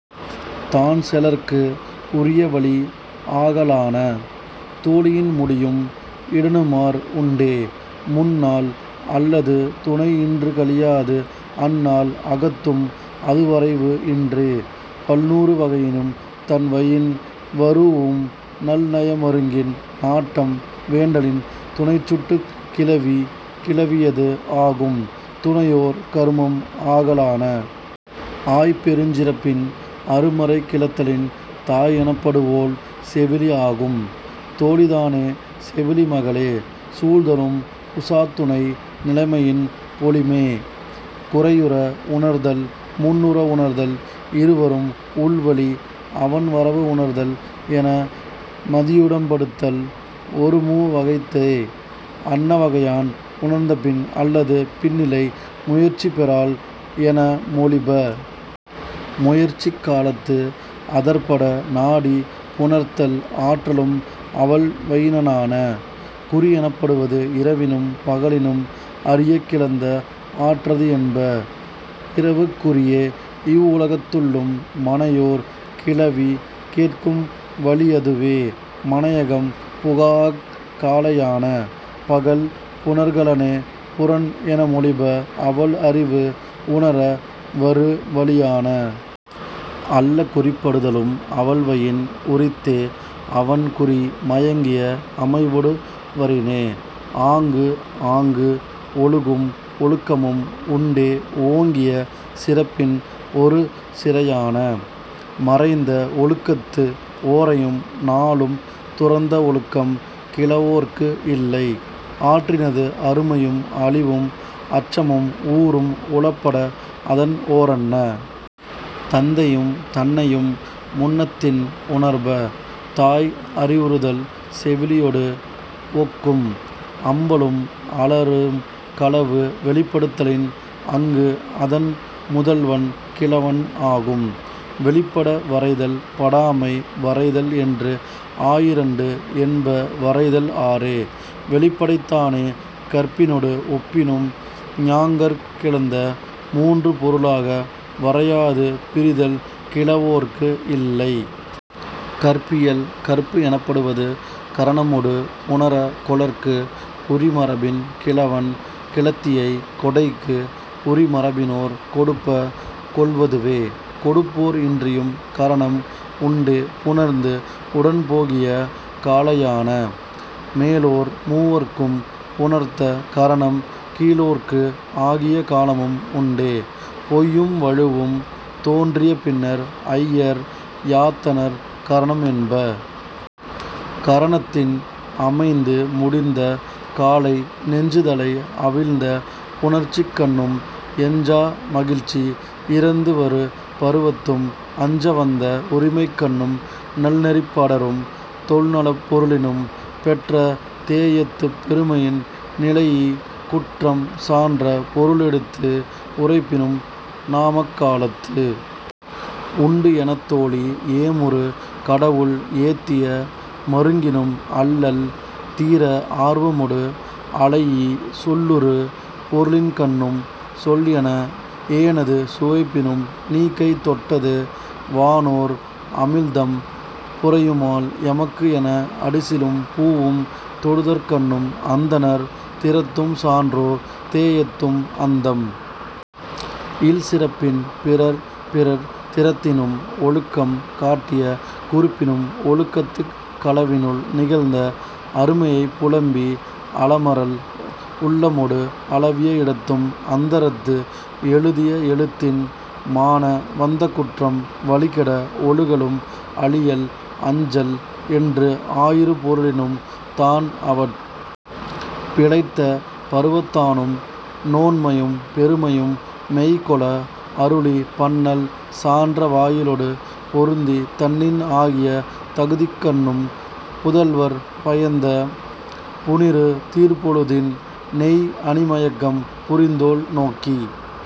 தான் செலற்கு உரிய வழி ஆகலான. தோழியின் முடியும் இடனுமார் உண்டே. முந் நாள் அல்லது துணை இன்று கழியாது அந் நாள் அகத்தும் அது வரைவு இன்றே. பல் நூறு வகையினும் தன் வயின் வரூஉம் நல் நய மருங்கின் நாட்டம் வேண்டலின் துணைச் சுட்டுக் கிளவி கிழவியது ஆகும் துணையோர் கருமம் ஆகலான. ஆய் பெருஞ் சிறப்பின் அரு மறை கிளத்தலின் தாய் எனப்படுவோள் செவிலி ஆகும். தோழிதானே செவிலி மகளே. சூழ்தலும் உசாத்துணை நிலைமையின் பொலிமே. குறையுற உணர்தல் முன் உற உணர்தல் இருவரும் உள்வழி அவன் வரவு உணர்தல் என மதியுடம்படுத்தல் ஒரு மூ வகைத்தே. அன்ன வகையான் உணர்ந்த பின் அல்லது பின்னிலை முயற்சி பெறாள் என மொழிப. முயற்சிக் காலத்து அதற்பட நாடி புணர்த்தல் ஆற்றலும் அவள்வயினான. குறி எனப்படுவது இரவினும் பகலினும் அறியக் கிளந்த ஆற்றது என்ப. இரவுக் குறியே இல்லகத்துள்ளும் மனையோர் கிளவி கேட்கும் வழியதுவே மனையகம் புகாஅக் காலையான. பகல் புணர் களனே புறன் என மொழிப அவள் அறிவு உணர வரு வழியான. அல்லகுறிப்படுதலும் அவள்வயின் உரித்தே அவன் குறி மயங்கிய அமைவொடு வரினே. ஆங்கு ஆங்கு ஒழுகும் ஒழுக்கமும் உண்டே ஓங்கிய சிறப்பின் ஒரு சிறையான. மறைந்த ஒழுக்கத்து ஓரையும் நாளும் துறந்த ஒழுக்கம் கிழவோற்கு இல்லை. ஆற்றினது அருமையும் அழிவும் அச்சமும் ஊறும் உளப்பட அதன் ஓரன்ன. தந்தையும் தன்னையும் முன்னத்தின் உணர்ப. தாய் அறிவுறுதல் செவிலியொடு ஒக்கும். அம்பலும் அலரும் களவு வெளிப்படுத்தலின் அங்கு அதன் முதல்வன் கிழவன் ஆகும். வெளிப்பட வரைதல் படாமை வரைதல் என்று ஆயிரண்டு என்ப வரைதல் ஆறே. வெளிப்படைதானே கற்பினொடு ஒப்பினும் ஞாங்கர்க் கிளந்த மூன்று பொருளாக வரையாது பிரிதல் கிழவோற்கு இல்லை.. கற்பியல் கற்பு எனப்படுவது கரணமொடு புணர கொளற்கு உரி மரபின் கிழவன் கிழத்தியை கொடைக்கு உரி மரபினோர் கொடுப்ப கொள்வதுவே. கொடுப்போர் இன்றியும் கரணம் உண்டே புணர்ந்து உடன் போகிய காலையான. மேலோர் மூவர்க்கும் புணர்த்த கரணம் கீழோர்க்கு ஆகிய காலமும் உண்டே. பொய்யும் வழுவும் தோன்றிய பின்னர் ஐயர் யாத்தனர் கரணம் என்ப. கரணத்தின் அமைந்து முடிந்த காலை நெஞ்சு தளை அவிழ்ந்த புணர்ச்சிக்கண்ணும் எஞ்சா மகிழ்ச்சி இறந்து வரு பருவத்தும் அஞ்ச வந்த உரிமைக்கண்ணும் நல் நெறிப் படரும் தொல் நலப் பொருளினும் பெற்ற தேஎத்துப் பெருமையின் நிலைஇ குற்றம் சான்ற பொருள் எடுத்து உரைப்பினும் நாமக் காலத்து உண்டு எனத் தோழி ஏமுறு கடவுள் ஏத்திய மருங்கினும் அல்லல் தீர ஆர்வமொடு அளைஇ சொல்லுறு பொருளின்கண்ணும் சொல் என ஏனது சுவைப்பினும் நீ கை தொட்டது வானோர் அமிழ்தம் புரையுமால் எமக்கு என அடிசிலும் பூவும் தொடுதற்கண்ணும் அந்தணர் திறத்தும் சான்றோர் தேஎத்தும் அந்தம் இல் சிறப்பின் பிறர் பிறர் திறத்தினும் ஒழுக்கம் காட்டிய குறிப்பினும் ஒழுக்கத்துக் களவினுள் நிகழ்ந்த அருமையைப் புலம்பி அலமரல் உள்ளமொடு அளவிய இடத்தும் அந்தரத்து எழுதிய எழுத்தின் மான வந்த குற்றம் வழி கெட ஒழுகலும் அழியல் அஞ்சல் என்று ஆயிரு பொருளினும் தான் அவட் பிழைத்த பருவத்தானும் நோன்மையும் பெருமையும் மெய் கொள அருளி பன்னல் சான்ற வாயிலொடு பொருந்தி தன்னின் ஆகிய தகுதிக்கண்ணும் புதல்வற் பயந்த புனிறு தீர் பொழுதின் நெய் அணி மயக்கம் புரிந்தோள் நோக்கி